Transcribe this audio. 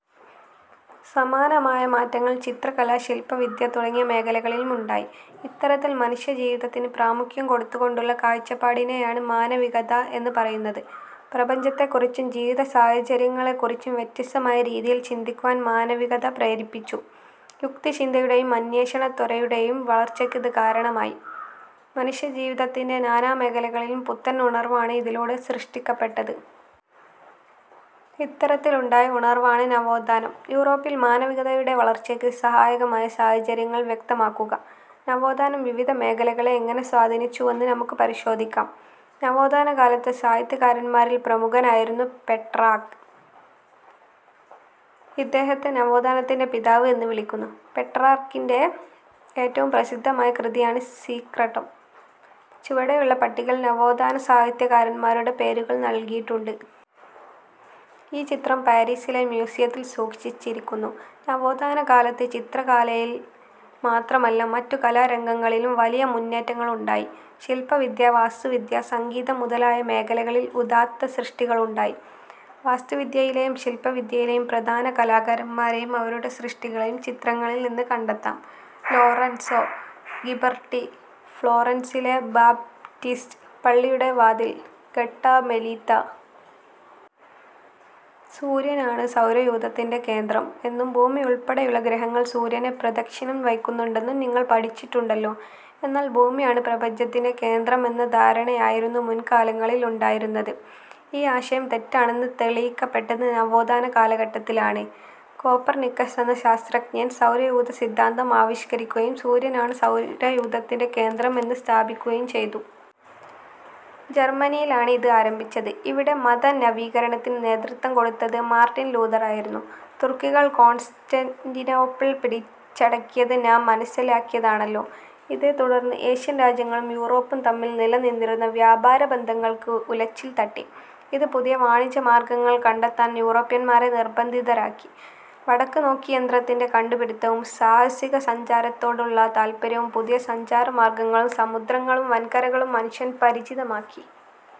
സമാനമായ മാറ്റങ്ങൾ ചിത്രകല, ശില്പവിദ്യ തുടങ്ങിയ മേഖലകളിലും ഉണ്ടായി. ഇത്തരത്തിൽ മനുഷ്യജീവിതത്തിന് പ്രാമുഖ്യം കൊടുത്തുകൊണ്ടുള്ള കാഴ്ചപ്പാടിനെയാണ് മാനവികത എന്ന് പറയുന്നത് പ്രപഞ്ചത്തെക്കുറിച്ചും ജീവിതസാഹചര്യങ്ങളെക്കുറിച്ചും വ്യത്യസ്തമായ രീതിയിൽ ചിന്തിക്കുവാൻ മാനവികത പ്രേരിപ്പിച്ചു. യുക്തിചിന്തയുടെയും അന്വേഷണത്വരയുടെയും വളർച്ചയ്ക്ക് ഇത് കാരണമായി. മനുഷ്യജീവിതത്തിന്റെ നാനാമേഖലകളിലും പുത്തൻ ഉണർവാണ് ഇതിലൂടെ സൃഷ്ടിക്കപ്പെട്ടത്. ഇത്തരത്തിലുണ്ടായ ഉണർവാണ് നവോത്ഥാനം. യൂറോപ്പിൽ മാനവികതയുടെ വളർച്ചയ്ക്ക് സഹായകമായ സാഹചര്യങ്ങൾ വ്യക്തമാക്കുക. നവോത്ഥാനം വിവിധ മേഖലകളെ എങ്ങനെ സ്വാധീനിച്ചുവെന്ന് നമുക്ക് പരിശോധിക്കാം. നവോത്ഥാനകാലത്തെ സാഹിത്യകാരന്മാരിൽ പ്രമുഖനായിരുന്നു പെട്രാർക്ക്. ഇദ്ദേഹത്തെ "നവോത്ഥാനത്തിന്റെ പിതാവ്' എന്ന് വിളിക്കുന്നു. പെട്രാർക്കിന്റെ ഏറ്റവും പ്രസിദ്ധമായ കൃതിയാണ് സീക്രട്ടം. ചുവടെയുള്ള പട്ടികയിൽ നവോത്ഥാന സാഹിത്യകാരന്മാരുടെ പേരുകൾ നൽകിയിട്ടുണ്ട്. ഈ ചിത്രം പാരീസിലെ മ്യൂസിയത്തിൽ സൂക്ഷിച്ചിരിക്കുന്നു. നവോഥാന കാലത്തു ചിത്രകലയിൽ മാത്രമല്ല, മറ്റു കലാരംഗങ്ങളിലും വലിയ മുന്നേറ്റങ്ങളുണ്ടായി. ശില്പവിദ്യ, വാസ്തുവിദ്യ, സംഗീതം മുതലായ മേഖലകളിൽ ഉദാത്ത സൃഷ്ടികളുണ്ടായി. വാസ്തുവിദ്യയിലെയും ശില്പവിദ്യയിലെയും പ്രധാന കലാകാരന്മാരെയും അവരുടെ സൃഷ്ടികളെയും ചിത്രങ്ങളിൽനിന്ന് കണ്ടെത്താം. ലോറൻസൊ ഗിബർട്ടി, ഫ്ളോറൻസിലെ ബാപ്റ്റിസ്റ്റ് പള്ളിയുടെ വാതിൽ, ഗട്ടാമെലീത്ത. സൂര്യനാണ് സൗരയൂഥത്തിന്റെ കേന്ദ്രം എന്നും ഭൂമിയുൾപ്പെടെയുള്ള ഗ്രഹങ്ങൾ സൂര്യനെ പ്രദക്ഷിണം വയ്ക്കുന്നുണ്ടെന്നും നിങ്ങൾ പഠിച്ചിട്ടുണ്ടല്ലോ. എന്നാൽ ഭൂമിയാണ് പ്രപഞ്ചത്തിന്റെ കേന്ദ്രം എന്ന ധാരണയായിരുന്നു മുൻകാലങ്ങളിൽ ഉണ്ടായിരുന്നത്. ഈ ആശയം തെറ്റാണെന്ന് തെളിയിക്കപ്പെട്ടത് നവോത്ഥാന കാലഘട്ടത്തിലാണ്. കോപ്പർനിക്കസ് എന്ന ശാസ്ത്രജ്ഞൻ സൗരയൂഥസിദ്ധാന്തം ആവിഷ്കരിക്കുകയും സൂര്യനാണ് സൗരയൂഥത്തിന്റെ കേന്ദ്രം എന്ന് സ്ഥാപിക്കുകയും ചെയ്തു. ജർമ്മനിയിലാണ് ഇത് ആരംഭിച്ചത്. ഇവിടെ മതനവീകരണത്തിന് നേതൃത്വം കൊടുത്തത് മാർട്ടിൻ ലൂഥറായിരുന്നു. തുർക്കികൾ കോൺസ്റ്റാന്റിനോപ്പിൾ പിടിച്ചടക്കിയത് നാം മനസ്സിലാക്കിയതാണല്ലോ. ഇതേത്തുടർന്ന് ഏഷ്യൻ രാജ്യങ്ങളും യൂറോപ്പും തമ്മിൽ നിലനിന്നിരുന്ന വ്യാപാരബന്ധങ്ങൾക്ക് ഉലച്ചിൽ തട്ടി. ഇത് പുതിയ വാണിജ്യ മാർഗ്ഗങ്ങൾ കണ്ടെത്താൻ യൂറോപ്യൻമാരെ നിർബന്ധിതരാക്കി. വടക്കുനോക്കിയന്ത്രത്തിന്റെ കണ്ടുപിടിത്തവും സാഹസികസഞ്ചാരത്തോടുള്ള താൽപ്പര്യവും പുതിയ സഞ്ചാരമാർഗ്ഗങ്ങളും സമുദ്രങ്ങളും വൻകരകളും മനുഷ്യന് പരിചിതമാക്കി.